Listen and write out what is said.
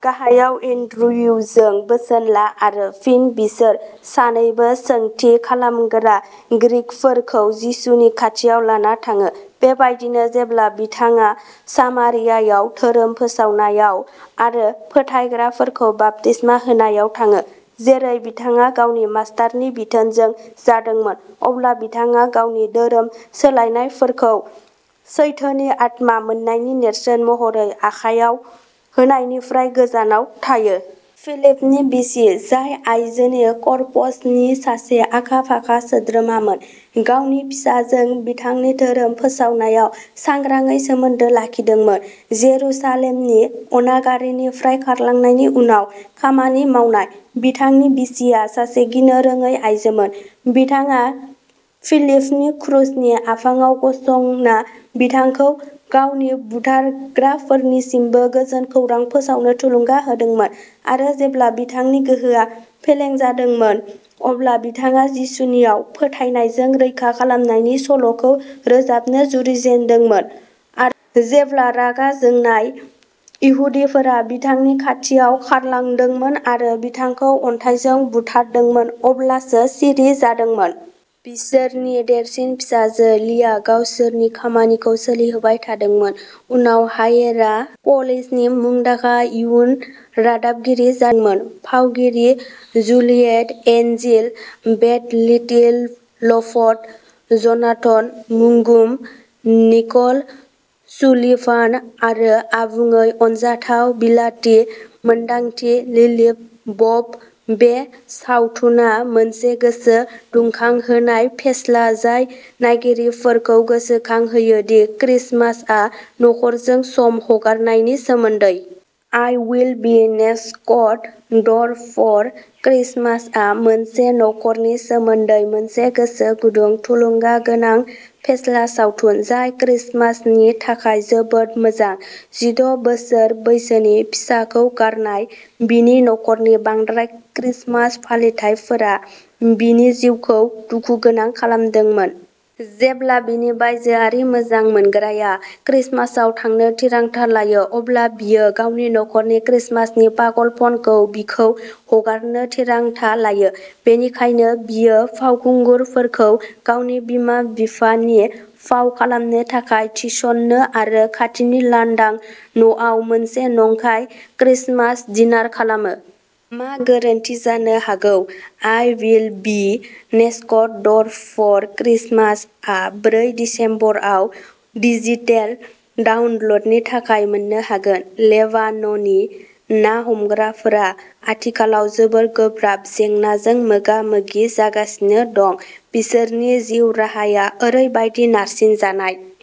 गाहाय एन्ड्र्युजों बोसोन ला आरो फिन बिसोर सानैबो सोंथि खालामग्रा ग्रीकफोरखौ जिसुनि खाथियाव लाना थाङो। बेबायदिनो, जेब्ला बिथाङा सामरियायाव धोरोम फोसावनायाव आरो फोथायग्राफोरखौ बाप्तिसमा होनायाव थाङो, जेरै बिथाङा गावनि मास्टारनि बिथोनजों जादोंमोन, अब्ला बिथाङा गावनि धोरोम सोलायनायफोरखौ सैथोनि आत्मा मोननायनि नेरसोन महरै आखाय होनायनिफ्राय गोजानाव थायो। फिलिपनि बिसि, जाय आयजोफोरनि करप्सनि सासे आखा फाखा सोद्रोमामोन गावनि फिसाजों बिथांनि धोरोम फोसावनायाव सांग्राङै सोमोन्दो लाखिदोंमोन। जेरुसालेमनि अनागारिनिफ्राय खारलांनायनि उनाव खामानि मावनाय। बिथांनि बिसिआ सासे गिनो रोङै आइजोमोन। बिथाङा फिलिपनि क्रुसनि आफाङाव गसंना बिथांखौ गावनि बुथारग्राफोरसिमबो गोजोन खौरां फोसावनो थुलुंगा होदोंमोन, आरो जेब्ला बिथांनि गोहोआ फेलें जादोंमोन, अब्ला बिथाङा जिसुनिआव फोथायनायजों रैखा खालामनायनि सल'खौ रोजाबनो जुरिजेनदोंमोन आरो जेब्ला रागा जोंनाय इहुदिफोरा बिथांनि खाथियाव खारलांदोंमोन आरो बिथांखौ अन्थाइजों बुथारदोंमोन अब्लासो सिरि जादोंमोन। बिसोरनि देरसिन फिसाजो, लिया, गावसोरनि खामानिखौ सोलिहोबाय थादोंमोन, उनाव हायेरा प’लिसनि मुंदांखा इयुन रादाबगिरि जादोंमोन। फावगिरि Juliet Angel', Beth Littleford, Jonathan Mangum, Nicole Sullivan, आरो आबुङै अनजाथाव बिलाथि मोनदांथि लिल बब, बे सावथुना मोनसे गोसो दुंखांहोनाय फेस्ला जाय नायगिरिफोरखौ गोसोखांहोयो दि क्रिसमासआ नखरजों सम हगारनायनि सोमोन्दै। I will be next door for क्रिसमासआ मोनसे न'खरनि सोमोन्दै मोनसे गोसो गुदुं, थुलुंगागोनां फेस्ला सावथुन, जाय क्रिसमासनि थाखाय जोबोद मोजां। जिद’ बोसोर बैसोनि फिसाखौ गारना बिनि नखरनि बांद्राय क्रिसमास फालिथाइफोरा बिनि जिउखौ दुखुगोनां खालामदोंमोन। जेब्ला बिनि बायजोआरि मोजां मोनग्राया क्रिसमासआव थांनो थिरांथा लायो, अब्ला बियो गावनि नखरनि क्रिसमासनि पागलपनखौ बिखौ हगारनो थिरांथा लायो, बेनिखायनो बियो फावखुंगुरफोरखौ गावनि बिमा-बिफानि फाव खालामनो थाखाय थिसनो आरो खाथिनि लांदां न'आव मोनसे नंखाय क्रिसमास डिनार खालामो। मा गोरोन्थि जानो हागौ? आइ भिल बि नेक्सकट द'र फर क्रिसमासआ ब्रै दिसेम्बराव डिजिटेल डाउनल'डनि थाखाय मोननो हागोन। लेबानननि ना हमग्राफोरा आथिखालाव जोबोद गोब्राब जेंनाजों मोगा-मोगि जागासिनो दं। बिसोरनि जिउ राहाया ओरैबादि नारसिनजानाय।